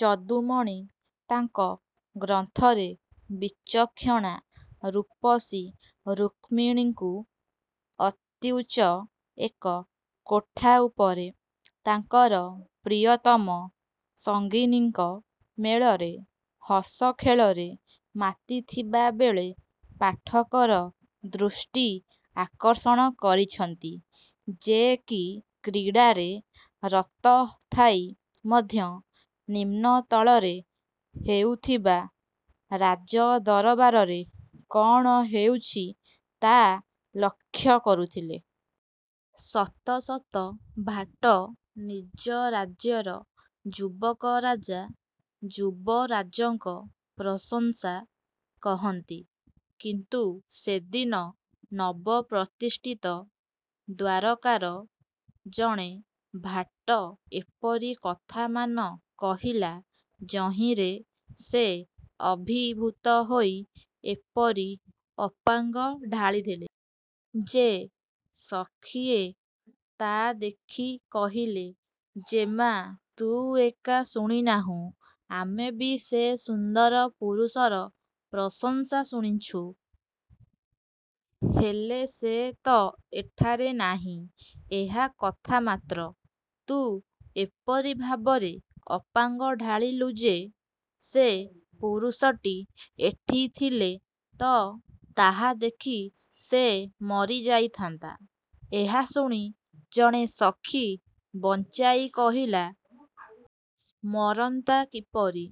ଯଦୁମଣି ତାଙ୍କ ଗ୍ରନ୍ଥରେ ବିଚକ୍ଷଣା ରୂପସୀ ରୁକ୍ମିଣୀଙ୍କୁ ଅତ୍ୟୁଚ୍ଚ ଏକ କୋଠା ଉପରେ ତାଙ୍କର ପ୍ରିୟତମ ସଙ୍ଗିନୀଙ୍କ ମେଳରେ ହସଖେଳରେ ମାତିଥିବା ବେଳେ ପାଠକର ଦୃଷ୍ଟି ଆକର୍ଷଣ କରିଛନ୍ତି। ଯେ କି କ୍ରୀଡ଼ାରେ ରତ ଥାଇ ମଧ୍ୟ ନିମ୍ନତଳରେ ହେଉଥିବା ରାଜଦରବାରରେ କଣ ହେଉଛି ତା ଲକ୍ଷ୍ୟ କରୁଥିଲେ। ଶତ ଶତ ଭାଟ ନିଜ ରାଜ୍ୟର ଯୁବକ ରାଜା, ଯୁବରାଜଙ୍କ ପ୍ରଶଂସା କହନ୍ତି, କିନ୍ତୁ ସେଦିନ ନବପ୍ରତିଷ୍ଠିତ ଦ୍ୱାରକାର ଜଣେ ଭାଟ ଏପରି କଥାମାନ କହିଲା ଯହିଁରେ ସେ ଅଭିଭୂତ ହୋଇ ଏପରି ଅପାଙ୍ଗ ଢାଳିଦେଲେ ଯେ, ସଖିଏ ତା ଦେଖି କହିଲେ- ଜେମା ତୁ ଏକା ଶୁଣିନାହୁଁ, ଆମେ ବି ସେ ସୁନ୍ଦର ପୁରୁଷର ପ୍ରଶଂସା ଶୁଣିଛୁଁ। ହେଲେ ସେ ତ ଏଠାରେ ନାହିଁ, ଏହା କଥା ମାତ୍ର। ତୁ ଏପରି ଭାବରେ ଅପାଙ୍ଗ ଢାଳିଲୁ ଯେ ସେ ପୁରୁଷଟି ଏଠି ଥିଲେ ତ ତାହା ଦେଖି ସେ ମରି ଯାଇଥାନ୍ତା। ଏହା ଶୁଣି ଜଣେ ସଖି ବଞ୍ଚାଇ କହିଲା-'ମରନ୍ତା କିପରି?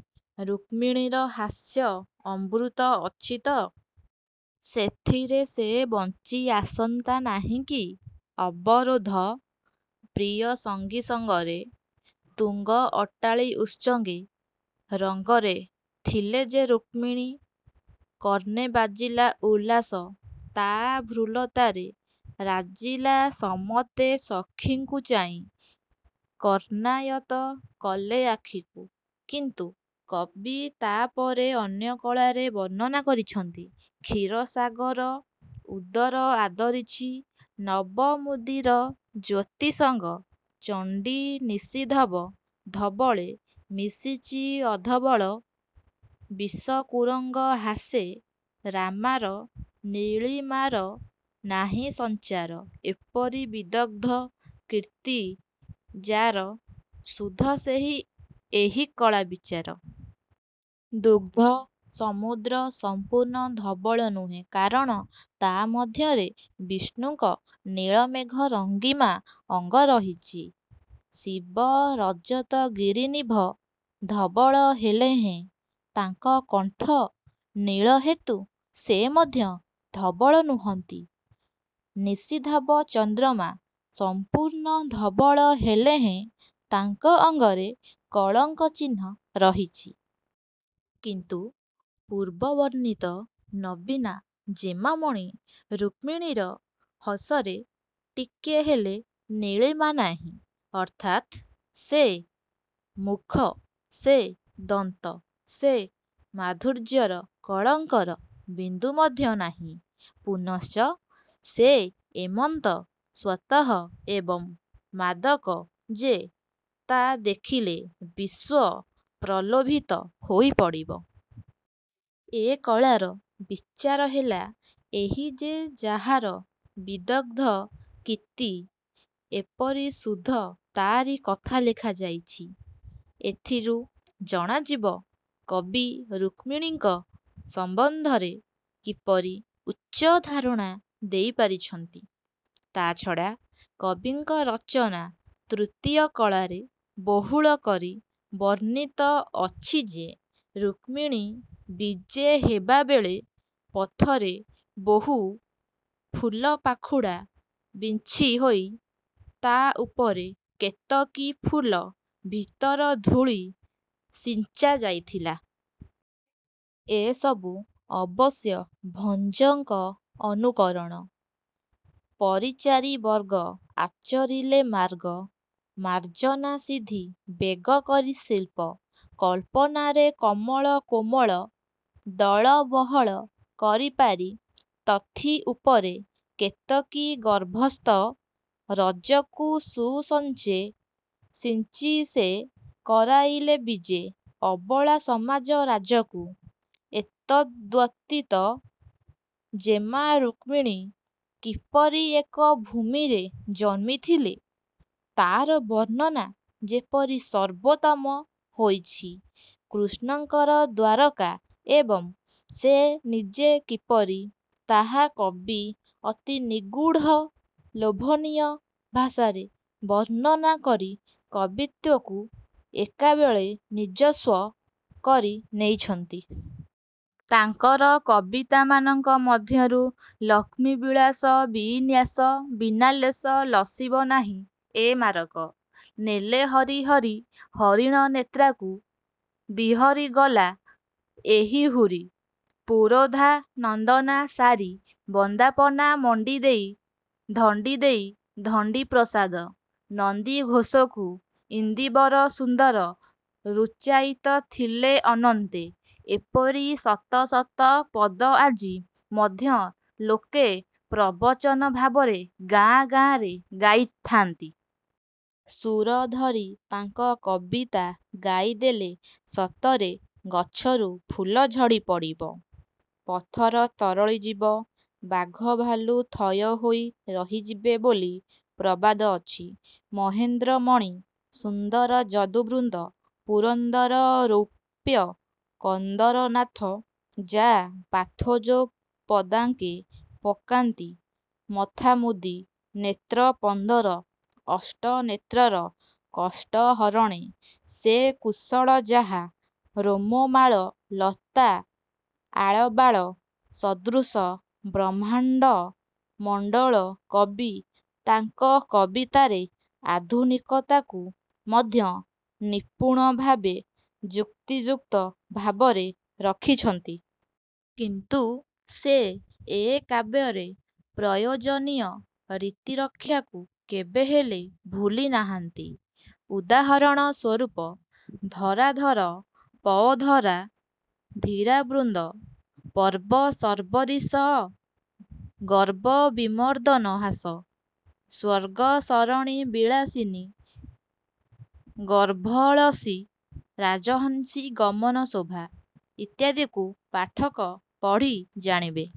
ରୁକ୍ମିଣୀର ହାସ୍ୟ ଅମୃତ ଅଛିତ? ସେଥିରେ ସେ ବଞ୍ଚି ଆସନ୍ତା ନାହିଁକି? ' ''ଅବରୋଧ ପ୍ରିୟ ସଙ୍ଗିସଙ୍ଗରେ ତୁଙ୍ଗ ଅଟ୍ଟାଳି ଉତ୍ସଙ୍ଗେ ରଙ୍ଗରେ ଥିଲେ ଯେ ରୁକ୍ମିଣୀ କର୍ଣ୍ଣେ ବାଜିଲା ଉଲ୍ଲାସ ତା ଭ୍ରୁଲତାରେ ରାଜିଲା ସମତ୍ତେ ସଖୀଙ୍କୁ ଚାହିଁ କର୍ଣ୍ଣାୟତ୍ତ କଲେ ଆଖିକୁ"। କିନ୍ତୁ କବି ତାପରେ ଅନ୍ୟ କଳାରେ ବର୍ଣ୍ଣନା କରିଛନ୍ତି- କ୍ଷୀର ସାଗର ଉଦର ଆଦରିଛି ନବ ମୁଦିର ଜ୍ୟୋତି ସଙ୍ଗ ଚଣ୍ଡୀ ନିଶିଧବ ଧବଳେ ମିଶିଛି ଅଧବଳ ବିଷ କୁରଙ୍ଗ ହାସେ ରାମାର ନୀଳିମାର ନାହିଁ ସଂଚାର ଏପରି ବିଦଗ୍ଧ କୀର୍ତ୍ତି ଯାର ଶୁଦ୍ଧ ସେହି ଏହି କଳା ବିଚାର। ଦୁଗ୍ଧ ସମୁଦ୍ର ସଂପୂର୍ଣ୍ଣ ଧବଳ ନୁହେଁ। କାରଣ ତା ମଧ୍ୟରେ ବିଷ୍ଣୁଙ୍କ ନୀଳମେଘ ରଙ୍ଗିମା ଅଙ୍ଗ ରହିଛି। ଶିବ ରଜତଗିରିନିଭ ଧବଳ ହେଲେହେଁ ତାଙ୍କ କଣ୍ଠ ନୀଳହେତୁ ସେ ମଧ୍ୟ ଧବଳ ନୁହନ୍ତି। ନିଶିଧବ ଚନ୍ଦ୍ରମା ସଂପୂର୍ଣ୍ଣ ଧବଳ ହେଲେହେଁ, ତାଙ୍କ ଅଙ୍ଗରେ କଳଙ୍କ ଚିହ୍ନ ରହିଛି। କିନ୍ତୁ ପୂର୍ବ ବର୍ଣ୍ଣିତ ନବୀନା ଜେମାମଣି ରୁକ୍ମିଣୀର ହସରେ ଟିକେ ହେଲେ ନୀଳିମା ନାହିଁ। ଅର୍ଥାତ୍ ସେ ମୁଖ, ସେ ଦନ୍ତ, ସେ ମାଧୁର୍ଯ୍ୟରେ କଳଙ୍କର ବିନ୍ଦୁ ମଧ୍ୟ ନାହିଁ। ପୁନଶ୍ଚ ସେ ଏମନ୍ତ ସ୍ୱତଃ ଏବଂ ମାଦକ ଯେ ତା ଦେଖିଲେ ବିଶ୍ୱ ପ୍ରଲୋଭିତ ହୋଇ ପଡ଼ିବ। ଏ କଳାର ବିଚାର ହେଲା ଏହି ଯେ ଯାହାର ବିଦଗ୍ଧ କୀତ୍ତି ଏପରି ଶୁଦ୍ଧ ତା'ରି କଥା ଲେଖାଯାଇଛି। ଏଥିରୁ ଜଣାଯିବ କବି ରୁକ୍ମିଣୀଙ୍କ। ସମ୍ବନ୍ଧରେ କିପରି ଉଚ୍ଚଧାରଣା ଦେଇପାରିଛନ୍ତି? ତାଛଡ଼ା କବିଙ୍କ ରଚନା ତୃତୀୟ କଳାରେ ବହୁଳ କରି ବର୍ଣ୍ଣିତ ଅଛି ଯେ ରୁକ୍ମିଣୀ ବିଜେହେବାବେଳେ ପଥରେ ବହୁ ଫୁଲପାଖୁଡ଼ା ବିଞ୍ଛିହୋଇ ତା ଉପରେ କେତକୀ ଫୁଲ ଭିତର ଧୂଳି ସିଞ୍ଚା ଯାଇଥିଲା। ଏସବୁ ଅବଶ୍ୟ ଭଞ୍ଜଙ୍କ ଅନୁକରଣ। ''ପରିଚାରି ବର୍ଗ ଆଚରିଲେ ମାର୍ଗ ମାର୍ଜନା ସିଦ୍ଧି ବେଗକରି ଶିଳ୍ପ କଳ୍ପନାରେ କମଳ କୋମଳ ଦଳ ବହଳ କରିପାରି ତଥି ଉପରେ, କେତକୀ ଗର୍ଭସ୍ଥ ରଜକୁ ସୁସଞ୍ଚେ ସିଞ୍ଚିସେ କରାଇଲେ ବିଜେ ଅବଳା ସମାଜ ରାଜକୁ। ଏତଦ୍ବ୍ୟତୀତ ଜେମା ରୁକ୍ମିଣୀ କିପରି ଏକ ଭୂମିରେ ଜନ୍ମିଥିଲେ, ତାର ବର୍ଣ୍ଣନା ଯେପରି ସର୍ବୋତ୍ତମ ହୋଇଛି କୃଷ୍ଣଙ୍କର ଦ୍ୱାରକା ଏବଂ ସେ ନିଜେ କିପରି, ତାହା କବି ଅତି ନିଗୂଢ଼, ଲୋଭନୀୟ ଭାଷାରେ ବର୍ଣ୍ଣନା କରି କବିତ୍ୱକୁ ଏକାବେଳେ ନିଜସ୍ୱ କରି ନେଇଛନ୍ତି। ତାଙ୍କର କବିତାମାନଙ୍କ ମଧ୍ୟରୁ- ''ଲକ୍ଷ୍ମୀ ବିଳାସ ବି-ନ୍ୟାସ ବିନାଲେଶ ଲସିବ ନାହିଁ ଏ ମାରକ" ''ନେଲେ ହରି ହରି ହରିଣ ନେତ୍ରାକୁ ବିହରି ଗଲା ଏହି ହୁରି" ''ପୁରୋଧା ନନ୍ଦନା ସାରି ବନ୍ଦାପନା ମଣ୍ଡିଦେଇ ଧଣ୍ଡିଦେଇ ଧଣ୍ଡି-ପ୍ରସାଦ" ''ନନ୍ଦିଘୋଷକୁ ଇନ୍ଦିବର ସୁନ୍ଦର ରୂଚାଇତ ଥିଲେ ଅନନ୍ତେ" -ଏପରି ଶତ ଶତ ପଦ ଆଜି ମଧ୍ୟ ଲୋକେ ପ୍ରବଚନ ଭାବରେ ଗାଁ ଗାଁରେ ଗାଇଥାନ୍ତି। ସୁର ଧରି ତାଙ୍କ କବିତା ଗାଇଦେଲେ ସତରେ ଗଛରୁ ଫୁଲ ଝଡ଼ିପଡ଼ିବ। ପଥର ତରଳିଯିବ, ବାଘଭାଲୁ ଥୟହୋଇ ରହିଯିବେ ବୋଲି ପ୍ରବାଦଅଛି। ମହେନ୍ଦ୍ର ମଣି ସୁନ୍ଦର ଯଦୁବୃନ୍ଦ ପୁରନ୍ଦର ରୌପ୍ୟ କନ୍ଦର ନାଥ ଯା ପାଥୋଜ ପଦାଙ୍କେ ପକାନ୍ତି ମଥାମୁଦି ନେତ୍ର ପନ୍ଦର ଅଷ୍ଟ ନେତ୍ରର କଷ୍ଟ ହରଣେ ସେ କୁଶଳ ଯାହା ରୋମମାଳ ଲତା ଆଳବାଳ ସଦୃଶ ବ୍ରହ୍ମାଣ୍ଡ ମଣ୍ଡଳ କବି ତାଙ୍କ କବିତାରେ ଆଧୁନିକତାକୁ ମଧ୍ୟ ନିପୂଣ ଭାବେ ଯୁକ୍ତିଯୁକ୍ତ ଭାବରେ ରଖିଛନ୍ତି। କିନ୍ତୁ ସେ ଏ କାବ୍ୟରେ ପ୍ରୟୋଜନୀୟ-ରୀତି ରକ୍ଷାକୁ କେବେହେଲେ ଭୁଲିନାହାନ୍ତି। ଉଦାହରଣ ସ୍ୱରୂପ ''ଧରାଧର ପୟୋଧରା ଧୀରାବୃନ୍ଦ, ପର୍ବ ଶର୍ବରୀଶ ଗର୍ବ ବିମର୍ଦ୍ଦନ ହାସ, ସ୍ୱର୍ଗସରଣୀ ବିଳାସିନୀ ଗର୍ଭଳସୀ ରାଜହଂସୀ ଗମନ ଶୋଭା" ଇତ୍ୟାଦିକୁ ପାଠକ ପଢ଼ି ଜାଣିବେ।